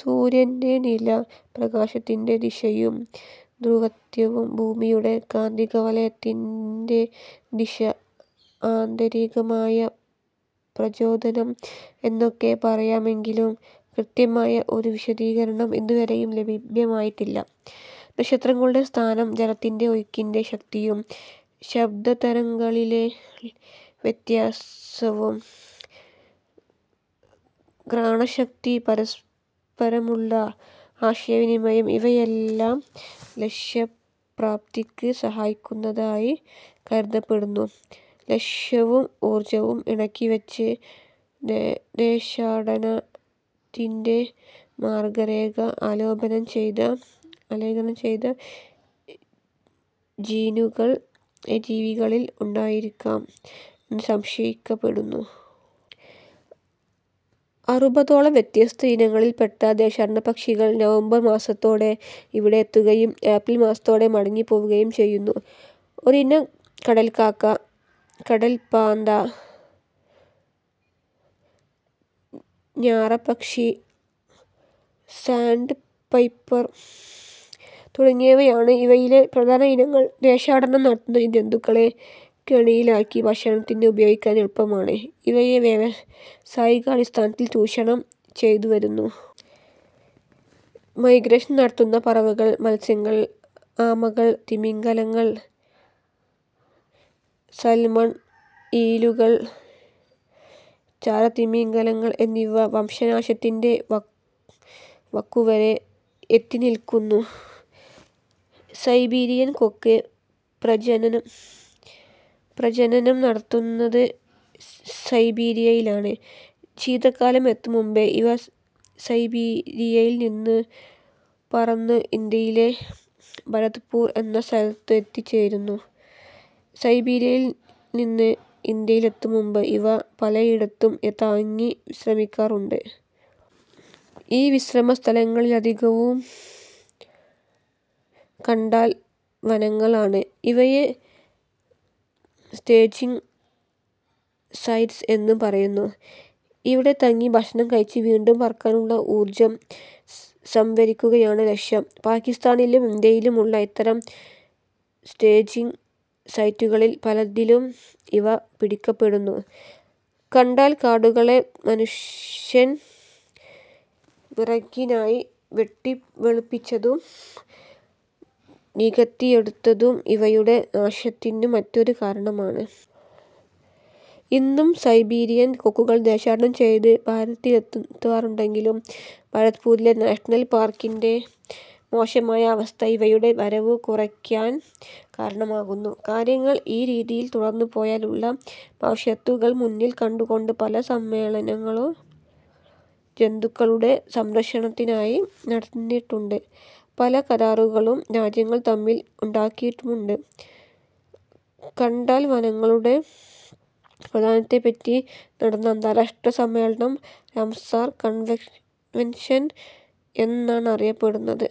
സൂര്യന്റെ നില, പ്രകാശത്തിന്റെ ദിശയും ധ്രുവത്വവും, ഭൂമിയുടെ കാന്തികവലയത്തിന്റെ ദിശ, ആന്തരികമായ പ്രചോദനം എന്നൊക്കെ പറയാമെങ്കിലും കൃത്യമായ ഒരു വിശദീകരണം ഇന്നുവരെയും ലഭ്യമായിട്ടില്ല. നക്ഷത്രങ്ങളുടെ സ്ഥാനം, ജലത്തിലെ ഒഴുക്കിന്റെ ശക്തിയും ശബ്ദതരംഗങ്ങളിലെ വ്യത്യാസവും, ഘ്രാണശക്തി, പരസ്പരമുള്ള ആശയവിനിമയം എന്നിവയെല്ലാം ലക്ഷ്യപ്രാപ്തിക്ക് സഹായിക്കുന്നതായി കരുതപ്പെടുന്നു. ലക്ഷ്യവും ഊർജവും ഇണക്കിവച്ച് ദേശാടനത്തിന്റെ മാർഗരേഖ ആലേഖനം ചെയ്ത ജീനുകൾ ഈ ജീവികളിൽ ഉണ്ടായിരിക്കാം എന്നു സംശയിക്കപ്പെടുന്നു. അറുപതോളം വ്യത്യസ്ത ഇനങ്ങളിൽപ്പെട്ട ദേശാടനപ്പക്ഷികൾ നവംബർ മാസത്തോടെ ഇവിടെ എത്തുകയും ഏപ്രിൽ മാസത്തോടെ മടങ്ങിപ്പോവുകയും ചെയ്യുന്നു. ഒരിനം കടൽക്കാക്ക, കടൽപ്പാന്താ, ഞാറപ്പക്ഷി, സാൻഡ് പൈപ്പർ തുടങ്ങിയവയാണ് ഇവയിലെ പ്രധാന ഇനങ്ങൾ. ദേശാടനം നടത്തുന്ന ജന്തുക്കളെ കെണിയിലാക്കി ഭക്ഷണത്തിന് ഉപയോഗിക്കാൻ എളുപ്പമാണ്. ഇവയെ വ്യാവസായിക അടിസ്ഥാനത്തിൽ ചൂഷണം ചെയ്തുവരുന്നു. മൈഗ്രേഷൻ നടത്തുന്ന പറവകൾ, മത്സ്യങ്ങൾ, ആമകൾ, തിമിംഗിലങ്ങൾ, സാൽമൺ, ഈലുകൾ, ചാരത്തിമിംഗിലങ്ങൾ എന്നിവ വംശനാശത്തിന്റെ വക്കുവരെ എത്തിനില്ക്കുന്നു. സൈബീരിയൻ കൊക്ക് പ്രജനനം നടത്തുന്നത് സൈബീരിയയിലാണ്. ശീതകാലം എത്തുംമുമ്പേ ഇവ സൈബീരിയയിൽനിന്നു പറന്ന് ഇന്ത്യയിലെ 'ഭരത്പൂർ' എന്ന സ്ഥലത്ത് എത്തിച്ചേരുന്നു. സൈബീരിയയിൽനിന്ന് ഇന്ത്യയിലെത്തുംമുമ്പ് ഇവ പലയിടത്തും തങ്ങി വിശ്രമിക്കാറുണ്ട്. ഈ വിശ്രമസ്ഥലങ്ങളധികവും കണ്ടൽവനങ്ങളാണ്. ഇവയെ സ്റ്റേജിങ് സൈറ്റ്സ് എന്നു പറയുന്നു. ഇവിടെ തങ്ങി ഭക്ഷണം കഴിച്ച് വീണ്ടും പറക്കാനുള്ള ഊർജ്ജം സംഭരിക്കുകയാണ് ലക്ഷ്യം. പാകിസ്താനിലും ഇന്ത്യയിലും ഉള്ള ഇത്തരം സ്റ്റേജിങ് സൈറ്റുകളിൽ പലതിലും ഇവ പിടിക്കപ്പെടുന്നു. കണ്ടൽക്കാടുകളെ മനുഷ്യൻ വിറകിനായി വെട്ടിവെളുപ്പിച്ചതും നികത്തിയെടുത്തതും ഇവയുടെ നാശത്തിനു മറ്റൊരു കാരണമാണ്. ഇന്നും സൈബീരിയൻ കൊക്കുകൾ ദേശാടനം ചെയ്ത് ഭാരതത്തിലെത്താറുണ്ടെങ്കിലും ഭരത്പൂരിലെ നാഷണൽ പാർക്കിന്റെ മോശമായ അവസ്ഥ ഇവയുടെ വരവു കുറയ്ക്കാൻ കാരണമാകുന്നു. കാര്യങ്ങൾ ഈ രീതിയിൽ തുടർന്നുപോയാലുള്ള ഭവിഷ്യത്തുകൾ മുന്നിൽ കണ്ടുകൊണ്ട് പല സമ്മേളനങ്ങളും ജന്തുക്കളുടെ സംരക്ഷണത്തിനായി നടന്നിട്ടുണ്ട്. പല കരാറുകളും രാജ്യങ്ങൾ തമ്മിൽ ഉണ്ടാക്കിയിട്ടുമുണ്ട്. കണ്ടൽവനങ്ങളുടെ പ്രാധാന്യത്തെപ്പറ്റി നടന്ന അന്താരാഷ്ട്ര സമ്മേളനം രാംസാർ കൺവെൻഷൻ എന്നാണറിയപ്പെടുന്നത്.